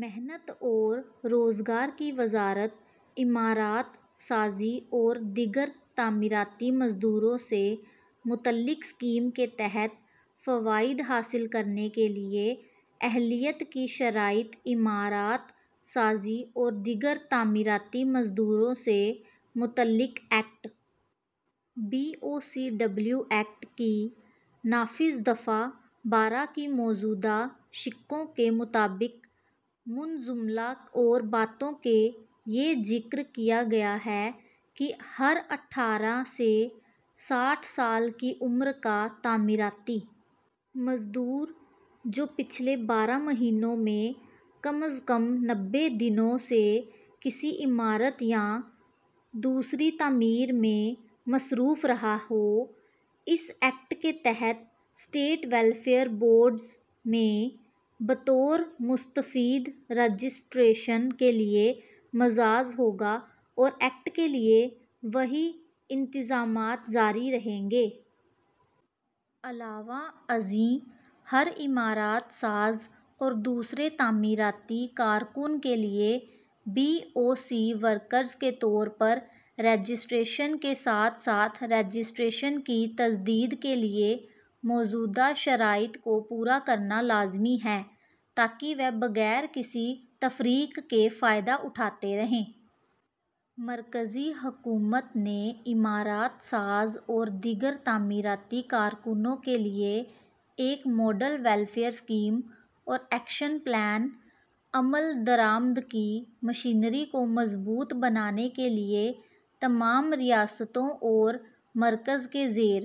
محنت اور روزگار کی وزارت عمارات سازی اور دیگر تعمیراتی مزدوروں سے متعلق اسکیم کے تحت فوائد حاصل کرنے کے لیے اہلیت کی شرائط عمارات سازی اور دیگر تعمیراتی مزدوروں سے متعلق act, B O C W act, کی نافذ دفعہ بارہ کی موجودہ شقوں کے مطابق منجملہ اور باتوں کے یہ ذکر کیا گیا ہے کہ ہر اٹھارہ سے ساٹھ سال کی عمر کا تعمیراتی مزدور جو پچھلے بارہ مہینوں میں کم از کم نوے دنوں سے کسی عمارت یا دوسری تعمیر میں مصروف رہا ہو، اس ایکٹ کے تحت اسٹیٹ ویلفیئر بورڈز میں بطور مستفید رجسٹریشن کے لیے مجاز ہوگا اور ایکٹ کے لیے وہی انتظامات جاری رہیں گے۔ علاوہ ازیں، ہر عمارات ساز اور دوسرے تعمیراتی کارکن کے لیے بی او سی ورکرز کے طور پر رجسٹریشن کے ساتھ ساتھ رجسٹریشن کی تجدید کے لیے موجودہ شرائط کو پورا کرنا لازمی ہے تاکہ وہ بغیر کسی تفریق کے فائدہ اٹھاتے رہیں۔ مرکزی حکومت نے عمارات ساز اور دیگر تعمیراتی کارکنوں کے لیے ایک ماڈل ویلفیئر اسکیم اور ایکشن پلان، عمل درآمد کی مشینری کو مضبوط بنانے کے لیے تمام ریاستوں اور مرکز کے زیر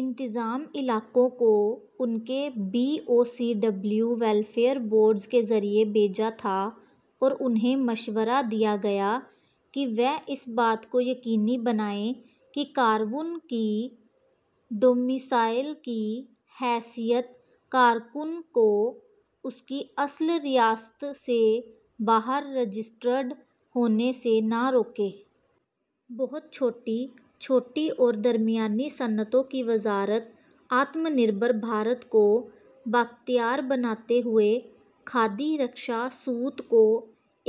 انتظام علاقوں کو ان کے B O C W welfare boards کے ذریعے بھیجا تھا اور انہیں مشورہ دیا گیا کہ وہ اس بات کو یقینی بنائیں کہ کارکن کی ڈومیسائل کی حیثیت کارکن کو اس کی اصل ریاست سے باہر رجسٹرڈ ہونے سے نہ روکے۔ بہت چھوٹی، چھوٹی اور درمیانی صنعتوں کی وزارت آتم نربھر بھارت کو بااختیار بناتے ہوئے کھادی رکشا سوت کو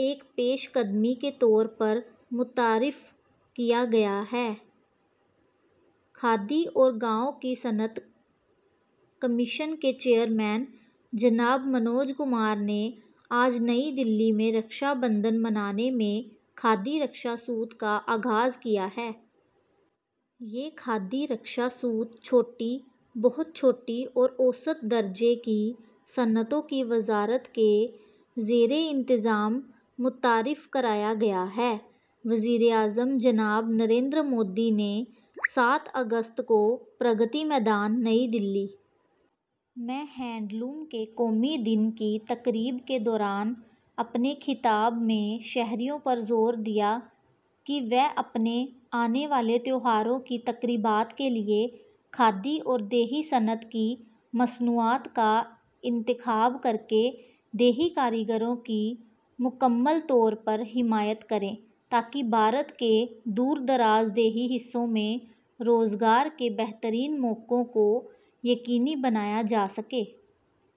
ایک پیش قدمی کے طور پر متعارف کیا گیا ہے۔ کھادی اور گاؤں کی صنعت کمیشن کے چیئرمین، جناب منوج کمار نے آج نئی دہلی میں رکشا بندھن منانے میں کھادی رکشا سوت کا آغاز کیا ہے۔ یہ کھادی رکشا سوت چھوٹی، بہت چھوٹی اور اوسط درجے کی صنعتوں کی وزارت کے زیراہتمام متعارف کرایا گیا ہے۔ وزیر اعظم جناب نریندر مودی نے سات اگست کو پرگتی میدان، نئی دہلی میں ہینڈلوم کے قومی دن کی تقریب کے دوران اپنے خطاب میں شہریوں پر زور دیا کہ وہ اپنے آنے والے تہواروں کی تقریبات کے لیے کھادی اور دیہی صنعت کی مصنوعات کا انتخاب کرکے دیہی کاریگروں کی مکمل طور پر حمایت کریں، تاکہ بھارت کے دور دراز دیہی حصوں میں روزگار کے بہترین مواقع کو یقینی بنایا جاسکے۔